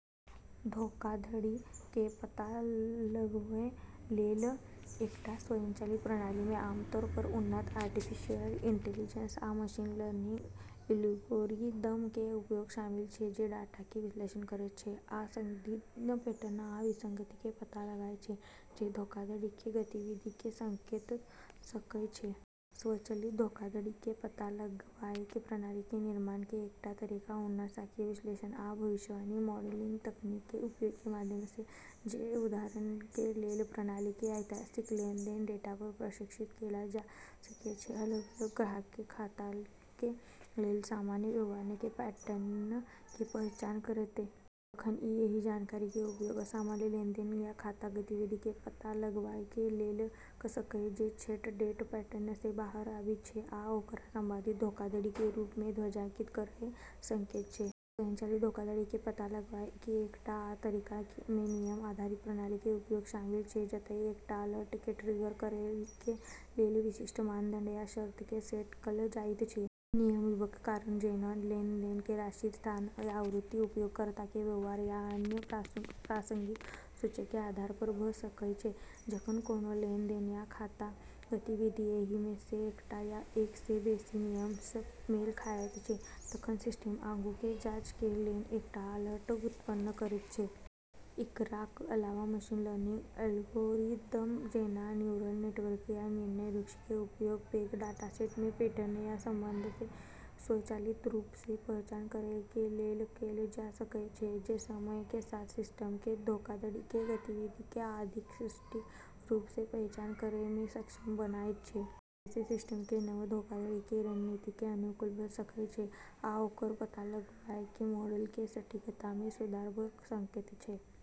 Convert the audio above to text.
धोखाधड़ी के पता लगवय लेल एकटा स्वचालित प्रणाली मे आमतौर पर उन्नत आर्टिफिशियल इंटेलिजेंस आ मशीन लर्निंग एल्गोरिदम के उपयोग शामिल छै, जे डाटा के विश्लेषण करैत छै आ संदिग्ध पैटर्न या विसंगति के पता लगायत छै जे धोखाधड़ी के गतिविधि के संकेत दऽ सकय छै। स्वचालित धोखाधड़ी के पता लगावय के प्रणाली के निर्माण के एकटा तरीका उन्नत सांख्यिकीय विश्लेषण आ भविष्यवाणी मॉडलिंग तकनीक के उपयोग के माध्यम सँ छै। उदाहरण के लेल, प्रणाली के ऐतिहासिक लेनदेन डेटा पर प्रशिक्षित कैल जा सकय छै, अलग-अलग ग्राहक के या खाता के लेल सामान्य व्यवहार के पैटर्न के पहचान करैत। तखन ई एहि जानकारी के उपयोग असामान्य लेनदेन या खाता गतिविधि के पता लगावय के लेल कऽ सकय छै जे ठेठ पैटर्न सँ बाहर आबै छै आ ओकरा संभावित धोखाधड़ी के रूप मे ध्वजांकित करय सकैत छै। स्वचालित धोखाधड़ी के पता लगावय के एकटा आ तरीका मे नियम आधारित प्रणाली के उपयोग शामिल छै, जतय एकटा अलर्ट के ट्रिगर करय के लेल विशिष्ट मानदंड या शर्त के सेट कैल जाइत छै। ई नियम विभिन्न कारक जैना लेनदेन के राशि, स्थान या आवृत्ति, उपयोगकर्ता के व्यवहार, आ अन्य प्रासंगिक सूचक के आधार पर भऽ सकय छै। जखन कोनो लेनदेन या खाता गतिविधि एहि मे सँ एकटा या एक सँ बेसि नियम सँ मेल खायत छै, तखन सिस्टम आगू के जाँच के लेल एकटा अलर्ट उत्पन्न करैत छै। इकरार अलावा मशीन लर्निंग एल्गोरिदम जेना न्यूरल नेटवर्क या निर्णय वृक्ष के उपयोग पैघ डाटासेट मे पैटर्न या संबंध के स्वचालित रूप सँ पहचान करय के लेल कैल जा सकय छै, जे समय के साथ सिस्टम के धोखाधड़ी के गतिविधि के अधिक सटीक रूप सँ पहचान करय मे सक्षम बनायत छै। एहि सँ सिस्टम के नव धोखाधड़ी के रणनीति के अनुकूल भऽ सकय छै आ ओकर पता लगावय के मॉडल के सटीकता मे सुधार भऽ सकैत छै।